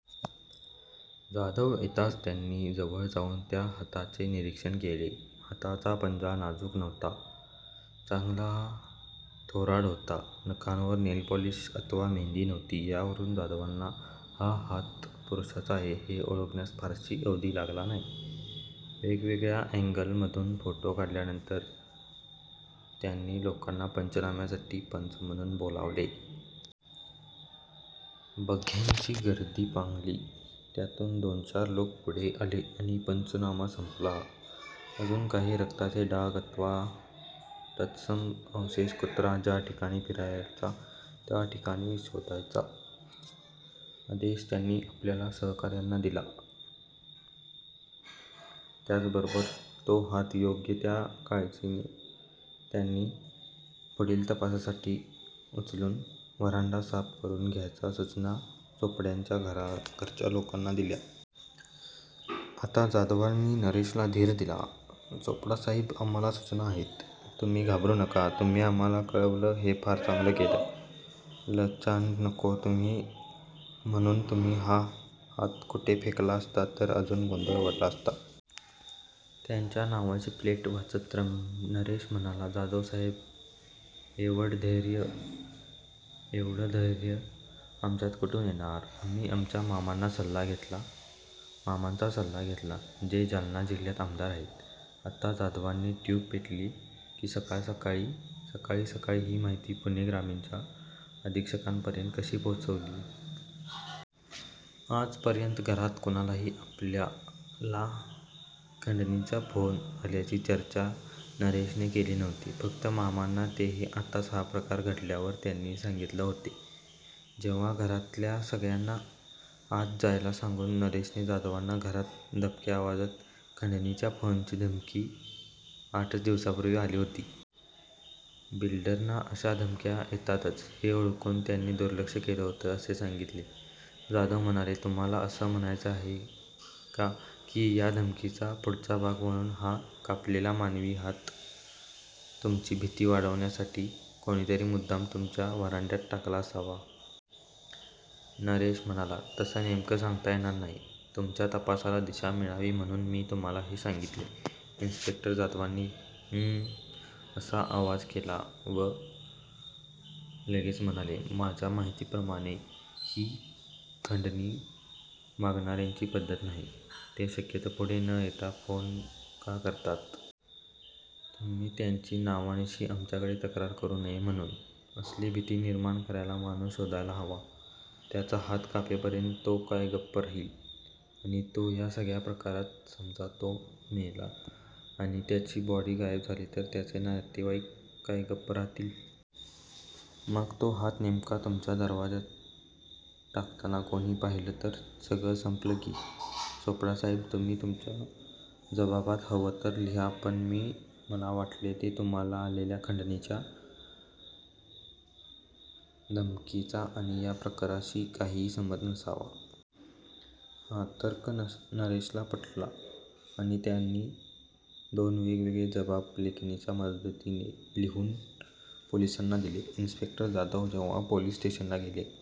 जाधव येताच त्यांनी जवळजाऊन त्या हाताचे निरीक्षण केले. हाताचा पंजा नाजुक नव्हता. चांगला थोराड होता. नखांवर नेलपॉलिश अथवा मेंदी नव्हती यावरुन जाधवांना हा हात पुरुषाचा आहे हे ओळखण्यास फारसा अवधी लागला नाही. वेगवेगळ्या ॲगल मधुन फोटो काढल्यानंतर त्यांनी लोकांना पंचनाम्यासाठी पंच म्हणुन बोलावले. बघ्यांची गर्दी पांगली. त्यातुन दोनचार लोक पुढे आले, आणि पंचनामा संपला. अजुन काही रक्ताचे डाग अथवा तत्सम अवशेष कुत्रा ज्या ठिकाणी फिरायचा त्या ठिकाणी शोधायचा आदेश त्यांनी आपल्या सहकार्यांना दिला. त्याच बरोबर तो हात योग्य त्या काळजीने त्यांनी पुढील तपासासाठी उचलुन व्हरांडा साफ करुन घ्यायच्या सुचना चोपडांच्या घरच्या लोकांना दिल्या. आता जाधवांनी नरेशला धीर दिला. चोपडासाहेब आम्हाला सुचना आहेत. तुम्ही घाबरु नका. तुम्ही आम्हाला कळवल हे फार चांगल केल. लचांड नको म्हणुन तुम्ही हा हात कुठे फेकला असता तर अजुन गोंधळ वाढला असता. त्यांच्या नावाची प्लेट वाचत नरेश म्हणाला जाधवसाहेब येव्हड धैर्य आमच्यात कुठुन येणार? आम्ही आमच्या मामांचा सल्ला घेतला जे जालना जिल्हयात आमदार आहेत. आत्ता जाधवांची ट्युब पेटली की सकाळी सकाळी ही माहिती पुणे ग्रामीणच्या अधिक्षकांपर्यत कशी पोचली? आजपर्यत घरात कुणालाही आपल्याला खंडणीचा फोन आल्याची चर्चा नरेशने केली नव्हती. फक्त मामांना तेही आत्ताच हा प्रकार घडल्यावर त्यांनी सांगीतले होते. जेव्हा घरातल्या सगळ्यांना आत जायला सांगुन नरेशने जाधवांना घरात दबक्या आवाजात खंडणीच्या फोनची धमकी आठच दिवसापुर्वी आली होती. बिल्डरना अश्या धमक्या येतातच हे ओळखुन त्यांनी दुर्लक्ष केल होत असे सांगीतले. जाधव म्हणाले तुम्हाला अस म्हणायच आहे का की या धमकीचा पुढचा भाग म्हणुन हा कापलेला मानवी हात तुमची भिती वाढवण्यासाठी कोणीतरी मुद्दाम तुमच्या व्हरांड्यात टाकला असावा? नरेश म्हणाला तस नेमक सांगता येणार नाही. तुमच्या तपासाला दिशा मिळावी म्हणुन मी तुम्हाला हे सांगीतले. इन्सपेक्टर जाधवांनी हम असा आवाज केला व लगेच म्हणाले माझ्या माहितीप्रमाणे ही खंडणी मागणार्यांची पध्दत नाही. ते शक्यतो पुढे न येता फोन का करतात? तुम्ही त्यांची नावानिशी आमच्याकडे तक्रार करु नये म्हणुन. असली भिती निर्माण करायला माणुस शोधायला हवा, त्याचा हात कापेपर्यत तो काय गप्प राहील? आणि तो या सगळ्याप्रकारात समजा तो मेला आणि त्याची बॉडी गायब झाली तर त्याचे नातेवाईक काय गप्प राहतील? मग तो हात नेमका तुमच्या दरवाज्यात टाकताना कोणी पाहिल तर सगळच संपल की. चोपडा साहेब तुम्ही तुमच्या जबाबात हव तर लिहा पण मी मला वाटते की तुम्हाला आलेल्या खंडणीच्या धमकीचा आणी या प्रकाराशी काहिही संबंध नसावा. हा तर्क नरेशला पटला आणि त्यांनी दोन वेगवेगळे जबाब लेखनिकाच्या मदतीने लिहुन पोलिसांना दिले. इन्सपेक्टर जाधव जेव्हा पोलीस स्टेशनला गेले.